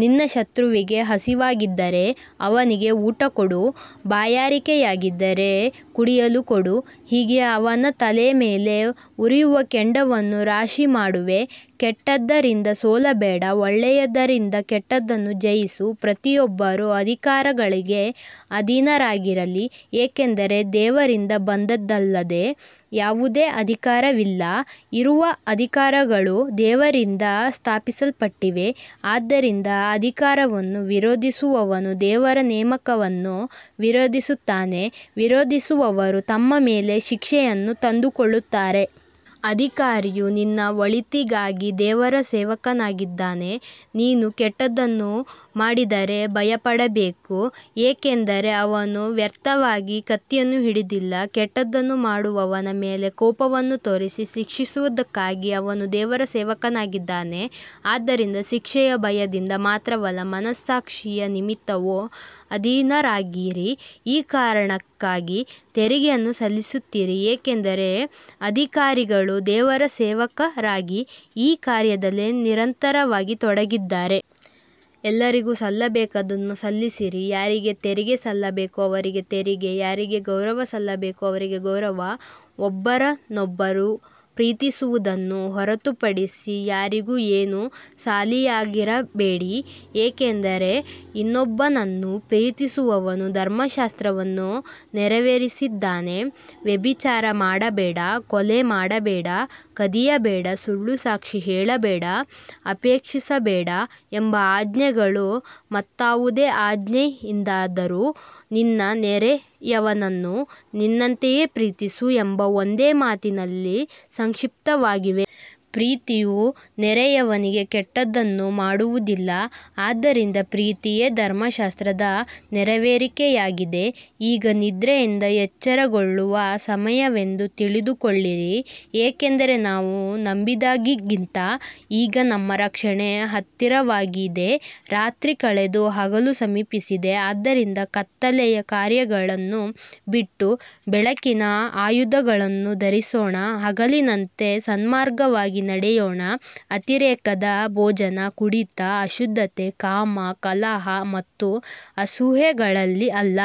ನಿನ್ನ ಶತ್ರುವಿಗೆ ಹಸಿವಾಗಿದ್ದರೆ ಅವನಿಗೆ ಊಟಕೊಡು, ಬಾಯಾರಿಕೆಯಾಗಿದ್ದರೆ ಕುಡಿಯಲು ಕೊಡು, ಹೀಗೆ ಅವನ ತಲೆಯ ಮೇಲೆ ಉರಿಯುವ ಕೆಂಡವನ್ನು ರಾಶಿಮಾಡುವೆ. ಕೆಟ್ಟದ್ದರಿಂದ ಸೋಲಬೇಡ, ಒಳ್ಳೆಯದರಿಂದ ಕೆಟ್ಟದ್ದನ್ನು ಜಯಿಸು. ಪ್ರತಿಯೊಬ್ಬರೂ ಅಧಿಕಾರಿಗಳಿಗೆ ಅಧೀನರಾಗಿರಲಿ, ಏಕೆಂದರೆ ದೇವರಿಂದ ಬಂದದ್ದಲ್ಲದೆ ಯಾವುದೇ ಅಧಿಕಾರವಿಲ್ಲ, ಇರುವ ಅಧಿಕಾರಗಳು ದೇವರಿಂದ ಸ್ಥಾಪಿಸಲ್ಪಟ್ಟಿವೆ. ಆದ್ದರಿಂದ ಅಧಿಕಾರವನ್ನು ವಿರೋಧಿಸುವವನು ದೇವರ ನೇಮಕವನ್ನು ವಿರೋಧಿಸುತ್ತಾನೆ, ವಿರೋಧಿಸುವವರು ತಮ್ಮ ಮೇಲೆ ಶಿಕ್ಷೆಯನ್ನು ತಂದುಕೊಳ್ಳುತ್ತಾರೆ. ಅಧಿಕಾರಿಯು ನಿನ್ನ ಒಳಿತಿಗಾಗಿ ದೇವರ ಸೇವಕನಾಗಿದ್ದಾನೆ. ನೀನು ಕೆಟ್ಟದ್ದನ್ನು ಮಾಡಿದರೆ ಭಯಪಡಬೇಕು, ಏಕೆಂದರೆ ಅವನು ವ್ಯರ್ಥವಾಗಿ ಕತ್ತಿಯನ್ನು ಹಿಡಿದಿಲ್ಲ. ಕೆಟ್ಟದ್ದನ್ನು ಮಾಡುವವನ ಮೇಲೆ ಕೋಪವನ್ನು ತೋರಿಸಿ ಶಿಕ್ಷಿಸುವುದಕ್ಕಾಗಿ ಅವನು ದೇವರ ಸೇವಕನಾಗಿದ್ದಾನೆ. ಆದ್ದರಿಂದ ಶಿಕ್ಷೆಯ ಭಯದಿಂದ ಮಾತ್ರವಲ್ಲ, ಮನಸ್ಸಾಕ್ಷಿಯ ನಿಮಿತ್ತವೂ ಅಧೀನರಾಗಿರಿ. ಈ ಕಾರಣಕ್ಕಾಗಿ ತೆರಿಗೆಯನ್ನೂ ಸಲ್ಲಿಸುತ್ತೀರಿ, ಏಕೆಂದರೆ ಅಧಿಕಾರಿಗಳು ದೇವರ ಸೇವಕರಾಗಿ ಈ ಕಾರ್ಯದಲ್ಲೇ ನಿರಂತರವಾಗಿ ತೊಡಗಿದ್ದಾರೆ. ಎಲ್ಲರಿಗೂ ಸಲ್ಲಬೇಕಾದದ್ದನ್ನು ಸಲ್ಲಿಸಿರಿ, ಯಾರಿಗೆ ತೆರಿಗೆ ಸಲ್ಲಬೇಕೋ ಅವರಿಗೆ ತೆರಿಗೆ, ಯಾರಿಗೆ ಗೌರವ ಸಲ್ಲಬೇಕೋ ಅವರಿಗೆ ಗೌರವ. ಒಬ್ಬರನ್ನೊಬ್ಬರು ಪ್ರೀತಿಸುವುದನ್ನು ಹೊರತುಪಡಿಸಿ ಯಾರಿಗೂ ಏನೂ ಸಾಲಿಯಾಗಿರಬೇಡಿ, ಏಕೆಂದರೆ ಇನ್ನೊಬ್ಬನನ್ನು ಪ್ರೀತಿಸುವವನು ಧರ್ಮಶಾಸ್ತ್ರವನ್ನು ನೆರವೇರಿಸಿದ್ದಾನೆ. ವ್ಯಭಿಚಾರ ಮಾಡಬೇಡ, ಕೊಲೆ ಮಾಡಬೇಡ, ಕದಿಯಬೇಡ, ಸುಳ್ಳು ಸಾಕ್ಷಿ ಹೇಳಬೇಡ, ಅಪೇಕ್ಷಿಸಬೇಡ ಎಂಬ ಆಜ್ಞೆಗಳೂ ಮತ್ತಾವುದೇ ಆಜ್ಞೆಯಿದ್ದರೂ, ನಿನ್ನ ನೆರೆಯವನನ್ನು ನಿನ್ನಂತೆಯೇ ಪ್ರೀತಿಸು ಎಂಬ ಒಂದೇ ಮಾತಿನಲ್ಲಿ ಸಂಕ್ಷಿಪ್ತವಾಗಿವೆ. ಪ್ರೀತಿಯು ನೆರೆಯವನಿಗೆ ಕೆಟ್ಟದ್ದನ್ನು ಮಾಡುವುದಿಲ್ಲ, ಆದ್ದರಿಂದ ಪ್ರೀತಿಯೇ ಧರ್ಮಶಾಸ್ತ್ರದ ನೆರವೇರಿಕೆಯಾಗಿದೆ. ಈಗ ನಿದ್ರೆಯಿಂದ ಎಚ್ಚರಗೊಳ್ಳುವ ಸಮಯವೆಂದು ತಿಳಿದುಕೊಳ್ಳಿರಿ, ಏಕೆಂದರೆ ನಾವು ನಂಬಿದಾಗಿಗಿಂತ ಈಗ ನಮ್ಮ ರಕ್ಷಣೆ ಹತ್ತಿರವಾಗಿದೆ. ರಾತ್ರಿ ಕಳೆಯಿತು, ಹಗಲು ಸಮೀಪಿಸಿದೆ. ಆದ್ದರಿಂದ ಕತ್ತಲೆಯ ಕಾರ್ಯಗಳನ್ನು ಬಿಟ್ಟು ಬೆಳಕಿನ ಆಯುಧಗಳನ್ನು ಧರಿಸೋಣ. ಹಗಲಿನಂತೆ ಸನ್ಮಾರ್ಗವಾಗಿ ನಡೆಯೋಣ, ಅತಿರೇಕದ ಭೋಜನ, ಕುಡಿತ, ಅಶುದ್ಧತೆ, ಕಾಮ, ಕಲಹ ಮತ್ತು ಅಸೂಯೆಗಳಲ್ಲಿ ಅಲ್ಲ.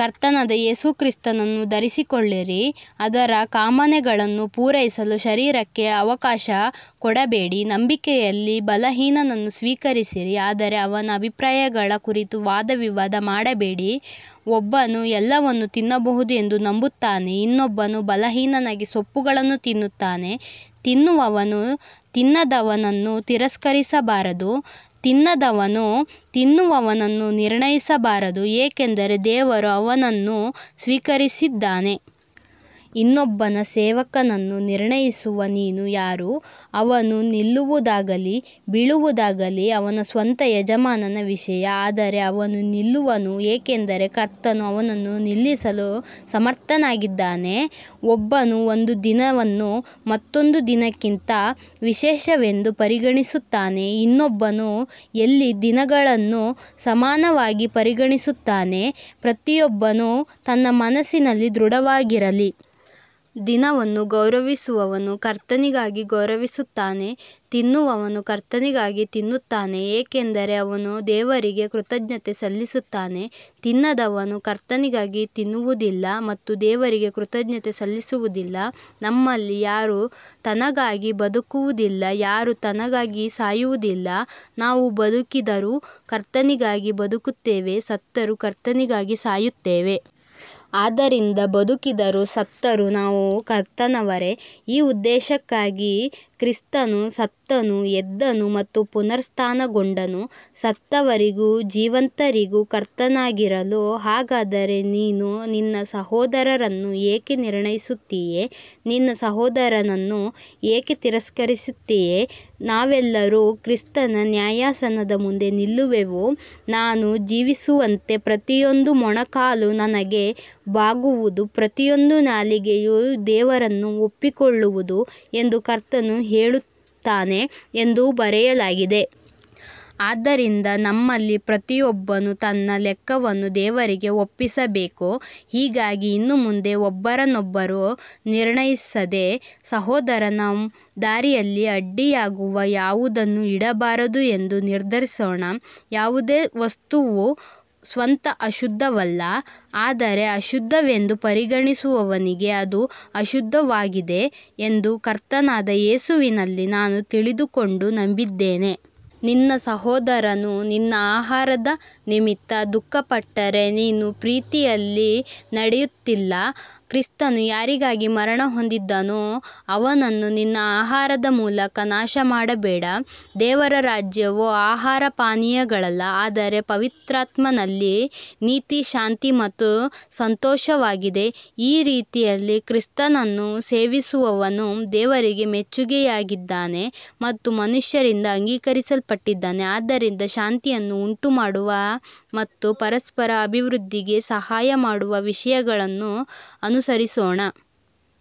ಕರ್ತನಾದ ಯೇಸು ಕ್ರಿಸ್ತನನ್ನು ಧರಿಸಿಕೊಳ್ಳಿರಿ, ಅದರ ಕಾಮನೆಗಳನ್ನು ಪೂರೈಸಲು ಶರೀರಕ್ಕೆ ಅವಕಾಶ ಕೊಡಬೇಡಿ. ನಂಬಿಕೆಯಲ್ಲಿ ಬಲಹೀನನನ್ನು ಸ್ವೀಕರಿಸಿರಿ, ಆದರೆ ಅವನ ಅಭಿಪ್ರಾಯಗಳ ಕುರಿತು ವಾದವಿವಾದ ಮಾಡಬೇಡಿ. ಒಬ್ಬನು ಎಲ್ಲವನ್ನೂ ತಿನ್ನಬಹುದು ಎಂದು ನಂಬುತ್ತಾನೆ, ಇನ್ನೊಬ್ಬನು ಬಲಹೀನನಾಗಿ ಸೊಪ್ಪುಗಳನ್ನು ತಿನ್ನುತ್ತಾನೆ. ತಿನ್ನುವವನು ತಿನ್ನದವನನ್ನು ತಿರಸ್ಕರಿಸಬಾರದು, ತಿನ್ನದವನು ತಿನ್ನುವವನನ್ನು ನಿರ್ಣಯಿಸಬಾರದು, ಏಕೆಂದರೆ ದೇವರು ಅವನನ್ನು ಸ್ವೀಕರಿಸಿದ್ದಾನೆ. ಇನ್ನೊಬ್ಬನ ಸೇವಕನನ್ನು ನಿರ್ಣಯಿಸುವ ನೀನು ಯಾರು. ಅವನು ನಿಲ್ಲುವುದಾಗಲಿ ಬೀಳುವುದಾಗಲಿ ಅವನ ಸ್ವಂತ ಯಜಮಾನನ ವಿಷಯ, ಆದರೆ ಅವನು ನಿಲ್ಲುವನು, ಏಕೆಂದರೆ ಕರ್ತನು ಅವನನ್ನು ನಿಲ್ಲಿಸಲು ಸಮರ್ಥನಾಗಿದ್ದಾನೆ. ಒಬ್ಬನು ಒಂದು ದಿನವನ್ನು ಮತ್ತೊಂದು ದಿನಕ್ಕಿಂತ ವಿಶೇಷವೆಂದು ಪರಿಗಣಿಸುತ್ತಾನೆ, ಇನ್ನೊಬ್ಬನು ಎಲ್ಲ ದಿನಗಳನ್ನೂ ಸಮಾನವಾಗಿ ಪರಿಗಣಿಸುತ್ತಾನೆ. ಪ್ರತಿಯೊಬ್ಬನು ತನ್ನ ಮನಸ್ಸಿನಲ್ಲಿ ದೃಢವಾಗಿರಲಿ. ದಿನವನ್ನು ಗೌರವಿಸುವವನು ಕರ್ತನಿಗಾಗಿ ಗೌರವಿಸುತ್ತಾನೆ. ತಿನ್ನುವವನು ಕರ್ತನಿಗಾಗಿ ತಿನ್ನುತ್ತಾನೆ, ಏಕೆಂದರೆ ಅವನು ದೇವರಿಗೆ ಕೃತಜ್ಞತೆ ಸಲ್ಲಿಸುತ್ತಾನೆ. ತಿನ್ನದವನೂ ಕರ್ತನಿಗಾಗಿ ತಿನ್ನುವುದಿಲ್ಲ ಮತ್ತು ದೇವರಿಗೆ ಕೃತಜ್ಞತೆ ಸಲ್ಲಿಸುತ್ತಾನೆ. ನಮ್ಮಲ್ಲಿ ಯಾರೂ ತನಗಾಗಿ ಬದುಕುವುದಿಲ್ಲ, ಯಾರೂ ತನಗಾಗಿ ಸಾಯುವುದಿಲ್ಲ. ನಾವು ಬದುಕಿದರೂ ಕರ್ತನಿಗಾಗಿ ಬದುಕುತ್ತೇವೆ, ಸತ್ತರೂ ಕರ್ತನಿಗಾಗಿ ಸಾಯುತ್ತೇವೆ. ಆದ್ದರಿಂದ ಬದುಕಿದರೂ ಸತ್ತರೂ ನಾವು ಕರ್ತನವರೇ. ಈ ಉದ್ದೇಶಕ್ಕಾಗಿ ಕ್ರಿಸ್ತನು ಸತ್ತನು, ಎದ್ದನು ಮತ್ತು ಪುನರುತ್ಥಾನಗೊಂಡನು, ಸತ್ತವರಿಗೂ ಜೀವಂತರಿಗೂ ಕರ್ತನಾಗಿರಲು. ಹಾಗಾದರೆ ನೀನು ನಿನ್ನ ಸಹೋದರನನ್ನು ಏಕೆ ನಿರ್ಣಯಿಸುತ್ತೀಯೆ, ನಿನ್ನ ಸಹೋದರನನ್ನು ಏಕೆ ತಿರಸ್ಕರಿಸುತ್ತೀಯೆ. ನಾವೆಲ್ಲರೂ ಕ್ರಿಸ್ತನ ನ್ಯಾಯಾಸನದ ಮುಂದೆ ನಿಲ್ಲುವೆವು. ನಾನು ಜೀವಿಸುವಂತೆ, ಪ್ರತಿಯೊಂದು ಮೊಣಕಾಲು ನನಗೆ ಬಾಗುವುದು, ಪ್ರತಿಯೊಂದು ನಾಲಿಗೆಯೂ ದೇವರನ್ನು ಒಪ್ಪಿಕೊಳ್ಳುವುದು ಎಂದು ಕರ್ತನು ಹೇಳುತ್ತಾನೆ ಎಂದು ಬರೆಯಲಾಗಿದೆ. ಆದ್ದರಿಂದ ನಮ್ಮಲ್ಲಿ ಪ್ರತಿಯೊಬ್ಬನು ತನ್ನ ಲೆಕ್ಕವನ್ನು ದೇವರಿಗೆ ಒಪ್ಪಿಸಬೇಕು. ಹೀಗಾಗಿ ಇನ್ನು ಮುಂದೆ ಒಬ್ಬರನ್ನೊಬ್ಬರು ನಿರ್ಣಯಿಸದೆ, ಸಹೋದರನ ದಾರಿಯಲ್ಲಿ ಅಡ್ಡಿಯಾಗುವ ಯಾವುದನ್ನೂ ಇಡಬಾರದು ಎಂದು ನಿರ್ಧರಿಸೋಣ. ಯಾವುದೇ ವಸ್ತುವೂ ಸ್ವತಃ ಅಶುದ್ಧವಲ್ಲ, ಆದರೆ ಅಶುದ್ಧವೆಂದು ಪರಿಗಣಿಸುವವನಿಗೆ ಅದು ಅಶುದ್ಧವಾಗಿದೆ ಎಂದು ಕರ್ತನಾದ ಯೇಸುವಿನಲ್ಲಿ ನಾನು ತಿಳಿದುಕೊಂಡು ನಂಬಿದ್ದೇನೆ. ನಿನ್ನ ಸಹೋದರನು ನಿನ್ನ ಆಹಾರದ ನಿಮಿತ್ತ ದುಃಖಪಟ್ಟರೆ, ನೀನು ಪ್ರೀತಿಯಲ್ಲಿ ನಡೆಯುತ್ತಿಲ್ಲ. ಕ್ರಿಸ್ತನು ಯಾರಿಗಾಗಿ ಮರಣಹೊಂದಿದನೋ, ಅವನನ್ನು ನಿನ್ನ ಆಹಾರದ ಮೂಲಕ ನಾಶಮಾಡಬೇಡ. ದೇವರ ರಾಜ್ಯವು ಆಹಾರಪಾನೀಯಗಳಲ್ಲ, ಆದರೆ ಪವಿತ್ರಾತ್ಮನಲ್ಲಿ ನೀತಿ, ಶಾಂತಿ ಮತ್ತು ಸಂತೋಷವಾಗಿದೆ. ಈ ರೀತಿಯಲ್ಲಿ ಕ್ರಿಸ್ತನನ್ನು ಸೇವಿಸುವವನು ದೇವರಿಗೆ ಮೆಚ್ಚುಗೆಯಾಗಿದ್ದಾನೆ ಮತ್ತು ಮನುಷ್ಯರಿಂದ ಅಂಗೀಕರಿಸಲ್ಪಟ್ಟಿದ್ದಾನೆ. ಆದ್ದರಿಂದ ಶಾಂತಿಯನ್ನು ಉಂಟುಮಾಡುವ ಮತ್ತು ಪರಸ್ಪರ ಅಭಿವೃದ್ಧಿಗೆ ಸಹಾಯಮಾಡುವ ವಿಷಯಗಳನ್ನು ಅನುಸರಿಸೋಣ.